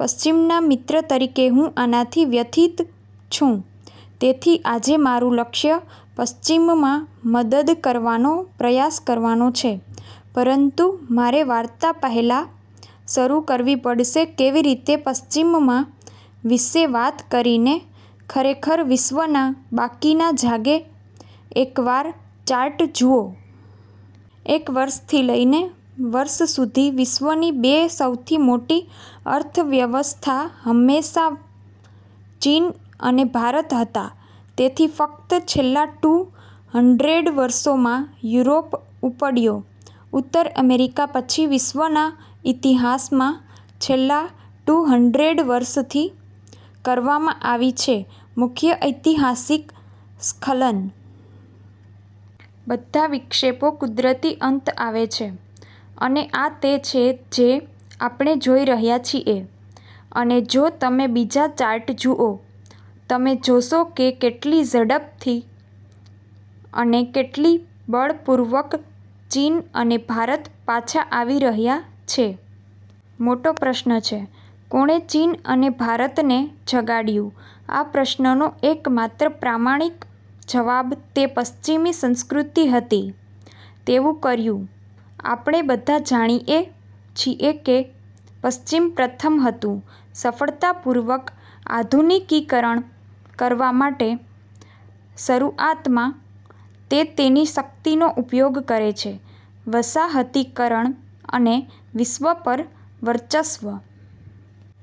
પશ્ચિમના મિત્ર તરીકે હું આનાથી વ્યથિત છું. તેથી આજે મારું લક્ષ્ય પશ્ચિમમાં મદદ કરવાનો પ્રયાસ કરવાનો છે. પરંતુ મારે વાર્તા પહેલા શરૂ કરવી પડશે કેવી રીતે પશ્ચિમમાં વિશે વાત કરીને ખરેખર વિશ્વના બાકીના જાગે એકવાર ચાર્ટ જુઓ. એક વર્ષથી લઈને વર્ષ સુધી, વિશ્વની બે સૌથી મોટી અર્થવ્યવસ્થા હંમેશાં ચીન અને ભારત હતા. તેથી ફક્ત છેલ્લા ટુ હન્ડ્રેડ વર્ષોમાં યુરોપ ઉપડ્યો ઉત્તર અમેરિકા પછી. વિશ્વના ઇતિહાસમાં છેલ્લા ટુ હન્ડ્રેડ વર્ષ થી કરવામાં આવી છે મુખ્ય ઐતિહાસિક સ્ખલન. બધા વિક્ષેપો કુદરતી અંત આવે છે અને આ તે છે જે આપણે જોઈ રહ્યા છીએ. અને જો તમે બીજા ચાર્ટ જુઓ, તમે જોશો કે કેટલી ઝડપથી અને કેટલી બળપૂર્વક ચીન અને ભારત પાછા આવી રહ્યા છે. મોટો પ્રશ્ન છે, "કોણે ચીન અને ભારતને જગાડ્યું?" આ પ્રશ્નનો એકમાત્ર પ્રામાણિક જવાબ તે પશ્ચિમી સંસ્કૃતિ હતી તેવું કર્યું. આપણે બધા જાણીએ છીએ કે પશ્ચિમ પ્રથમ હતું સફળતાપૂર્વક આધુનિકીકરણ કરવા માટે. શરૂઆતમાં તે તેની શક્તિનો ઉપયોગ કરે છે વસાહતીકરણ અને વિશ્વ પર વર્ચસ્વ.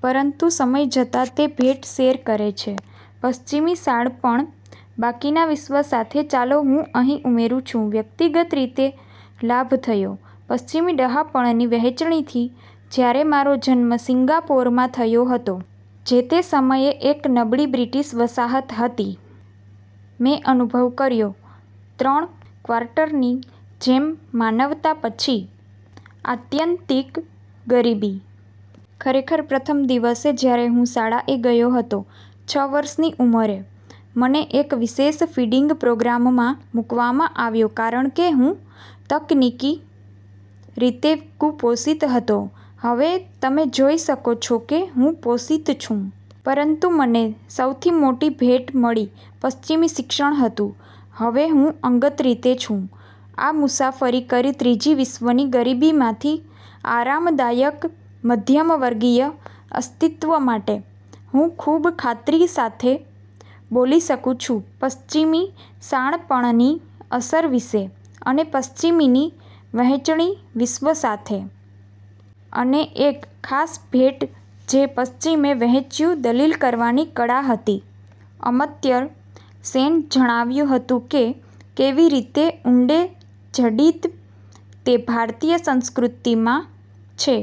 પરંતુ સમય જતાં, તે ભેટ શેર કરે છે પશ્ચિમી શાણપણ બાકીના વિશ્વ સાથે. ચાલો હું અહીં ઉમેરું છું વ્યક્તિગત રીતે લાભ થયો પશ્ચિમી ડહાપણની વહેંચણીથી. જ્યારે મારો જન્મ સિંગાપોરમાં થયો હતો, જે તે સમયે એક નબળી બ્રિટીશ વસાહત હતી, મેં અનુભવ કર્યો, ત્રણ ક્વાર્ટરની જેમ માનવતા પછી આત્યંતિક ગરીબી. ખરેખર, પ્રથમ દિવસે જ્યારે હું શાળાએ ગયો હતો છ વર્ષની ઉંમરે, મને એક વિશેષ ફીડિંગ પ્રોગ્રામમાં મૂકવામાં આવ્યો કારણ કે હું તકનીકી રીતે કુપોષિત હતો. હવે તમે જોઈ શકો છો કે હું પોષિત છું. પરંતુ મને સૌથી મોટી ભેટ મળી પશ્ચિમી શિક્ષણ હતું. હવે હું અંગત રીતે છું. આ મુસાફરી કરી ત્રીજી વિશ્વની ગરીબીમાંથી આરામદાયક મધ્યમવર્ગીય અસ્તિત્વ માટે. હું ખૂબ ખાતરી સાથે બોલી શકું છું પશ્ચિમી શાણપણની અસર વિશે અને પશ્ચિમીની વહેંચણી વિશ્વ સાથે. અને એક ખાસ ભેટ જે પશ્ચિમે વહેંચ્યું દલીલ કરવાની કળા હતી. અમર્ત્ય સેન જણાવ્યું હતું કે કેવી રીતે ઊંડે જડિત તે ભારતીય સંસ્કૃતિમાં છે.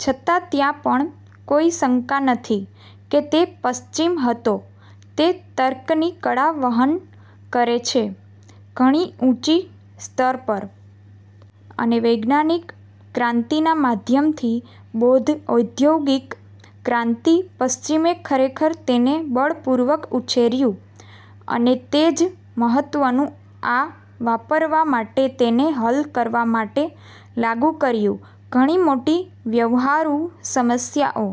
છતાં ત્યાં પણ કોઈ શંકા નથી કે તે પશ્ચિમ હતો તે તર્કની કળા વહન કરે છે ઘણી ઊંચી સ્તર પર. અને વૈજ્ઞાનિક ક્રાંતિના માધ્યમથી બોધ, ઔદ્યોગિક ક્રાંતિ, પશ્ચિમે ખરેખર તેને બળપૂર્વક ઉછેર્યું અને તે જ મહત્વનું આ વાપરવા માટે તેને હલ કરવા માટે લાગુ કર્યું ઘણી મોટી વ્યવહારુ સમસ્યાઓ.